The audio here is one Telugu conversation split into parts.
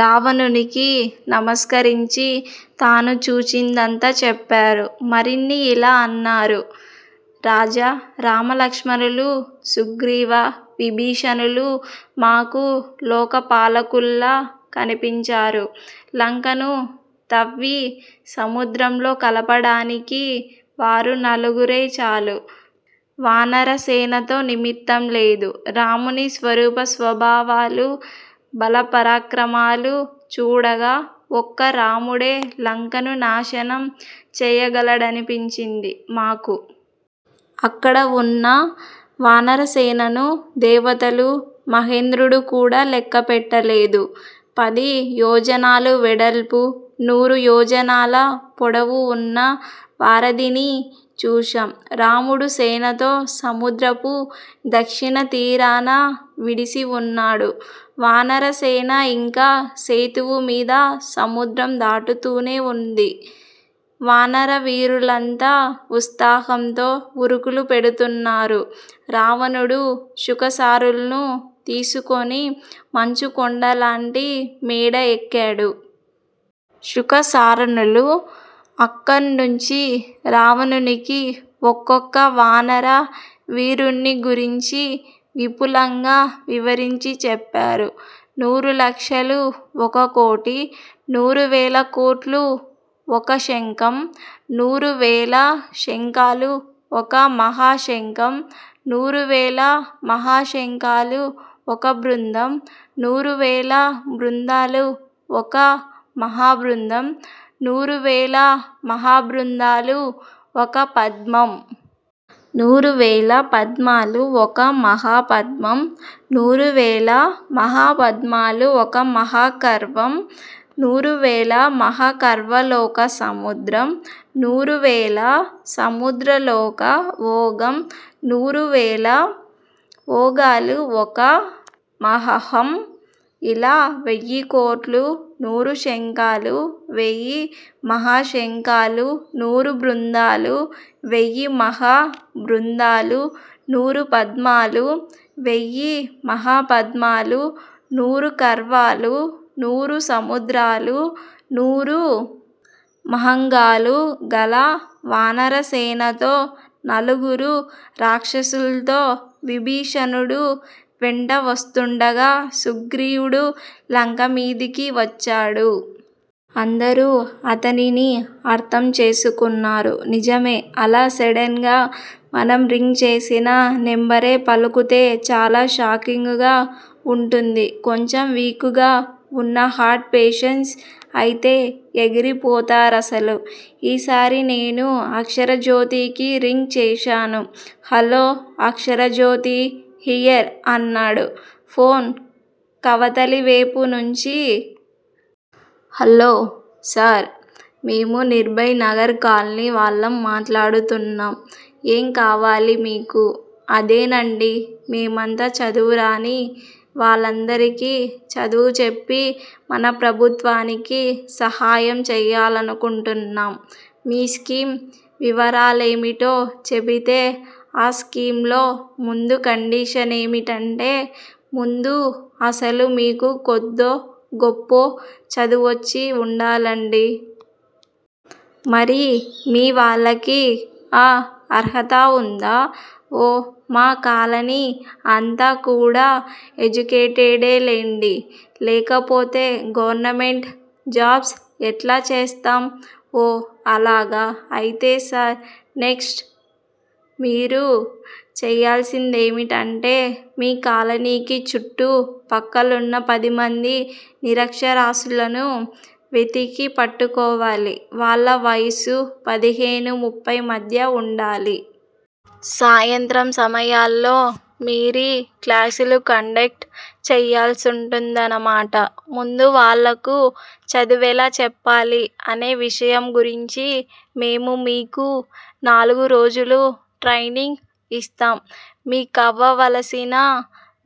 రావణునికి నమస్కరించి తాను చూచిదంతా చెప్పారు. మరిన్నీ ఇలా అన్నారు. రాజా! రామలక్ష్మణులూ, సుగ్రీవ, విభీషణులూ మాకు లోకపాలకుల్లా కనిపించారు. లంకను తవ్వి, సముద్రంలో కలపడానికి వారు నలుగురే చాలు. వానరసేనతో నిమిత్తంలేదు. రాముని స్వరూప స్వభావాలూ, బలపరాక్రమాలు చూడగా ఒక్క రాముడే లంకను నాశనం చేయగలడనిపించింది మాకు. అక్కడవున్న వానరసేనను దేవతలూ, మహేంద్రుడు కూడా లెక్కపెట్టలేదు. పది యోజనాలు వెడల్పూ, నూరు యోజనాల పొడవూ వున్న వారధిని చూశాం. రాముడు సేనతో సముద్రపు దక్షిణ తీరాన విడిసి వున్నాడు. వానరసేన ఇంకా సేతువు మీద సముద్రం దాటుతూనే వుంది. వానరవీరులంతా ఉత్సాహంతో ఉరుకులు పెడ్తున్నారు. రావణుడు శుకసారణుల్ను తీసుకొని మంచుకొండలాంటి మేడ ఎక్కాడు. శుకసారణులు అక్కణ్ణుంచి రావణునికి ఒక్కొక్క వానర వీరుణ్ణి గురించి విపులంగా వివరించి చెప్పారు. నూరు లక్షలు ఒక కోటి. నూరు వేల కోట్లు ఒక శంఖం. నూరు వేల శంఖాలు ఒక మహాశంఖం. నూరువేల మహాశంఖాలు ఒక బృందం. నూరువేల బృందాలు ఒక మహాబృందం. నూరువేల మహాబృందాలు ఒక పద్మం. నూరువేల పద్మాలు ఒక మహాపద్మం. నూరువేల మహాపద్మాలు ఒక మహాఖర్వం. నూరువేల మహాఖర్వాలొక సముద్రం. నూరువేల సముద్రాలొక ఓఘం. నూరువేల ఓఘాలు ఒక మహౌమం. ఇలా వెయ్యికోట్లూ, నూరు శంఖాలూ, వేయి మహాశంఖాలూ, నూరు బృందాలూ, వెయ్యిమహా బృందాలూ, నూరు పద్మాలూ, వెయ్యి మహాపద్మాలూ, నూరు ఖర్వాలూ, నూరు సముద్రాలూ, నూరు మహౌఘాలూ గల వానరసేనతో, నలుగురు రాక్షసుల్తో విభీషణుడు వెంట వస్తుండగా సుగ్రీవుడు లంకమీదికి వచ్చాడు. అందరూ అతనిని అర్థం చేసుకున్నారు. నిజమే! అలా సడెన్ గా మనం రింగ్ చేసిన నెంబరే పలుకుతే చాలా షాకింగ్ గా వుంటుంది. కొంచెం వీక్ గా ఉన్న హార్ట్ పేషెంట్స్ అయితే ఎగిరి పోతారసలు ఈసారి నేను అక్షరజ్యోతికి రింగ్ చేశాను. హల్లో అక్షరజ్యోతి హియర్ అన్నాడు ఫోన్ కవతలివేపు నుంచీ. Hello sir. మేము నిర్భయ్ నగర్ కాలనీ వాళ్ళం మాట్లాడుతున్నాం ఏం కావాలి మీకు? అదేనండీ! మేమంతా చదువురాని వాళ్ళందరికీ చదువు చెప్పి మన ప్రభుత్వానికి సహాయం చేయాలనుకుంటున్నాం. మీ స్కీమ్ వివరాలేమిటో చెపితే? ఆ స్కీమ్ లో ముందు కండిషనేమిటంటే ముందు అసలు మీకు కొద్దో గొప్పో చదువొచ్చి ఉండాలండీ! మరి మీ వాళ్ళకి. ఆ అర్హత ఉందా? ఓ మా కాలనీ అంతా కూడా ఎడ్యుకేటెడేలెండి. లేకపోతే గవర్నమెంట్ జాబ్స్ ఎట్లా చేస్తాం? ఓ! అలాగా! అయితే సరే! నెక్ట్స్ మీరు చేయాల్సిందేమిటంటే మీ కాలనీకి చుట్టు పక్కలున్న పదిమంది నిరక్షరాస్యులను వెతికి పట్టుకోవాలి. వాళ్ళ వయసు పదిహేనూ ముఫ్పై మధ్య ఉండాలి. సాయంత్రం సమయాల్లో మీరీ క్లాసులు కండక్ట్ చేయాల్సుంటుందన్నమాట. ముందు వాళ్ళకు చదువెలా చెప్పాలీ అనే విషయం గురించి మేము మీకు నాలుగు రోజులు ట్రైనింగ్ ఇస్తాం! మీక్కావలసిన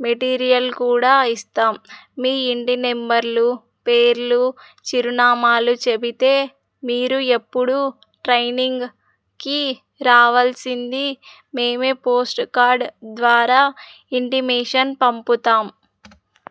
మెటీరియల్ కూడా ఇస్తాం. మీ ఇంటి నెంబర్లు, పేర్లు, చిరునామాలు చెపితే మీరు ఎప్పుడు ట్రైనింగ్ కి రావలసిందీ మేమే పోస్ట్ కార్డ్ ద్వారా ఇంటిమేషన్ పంపుతాం!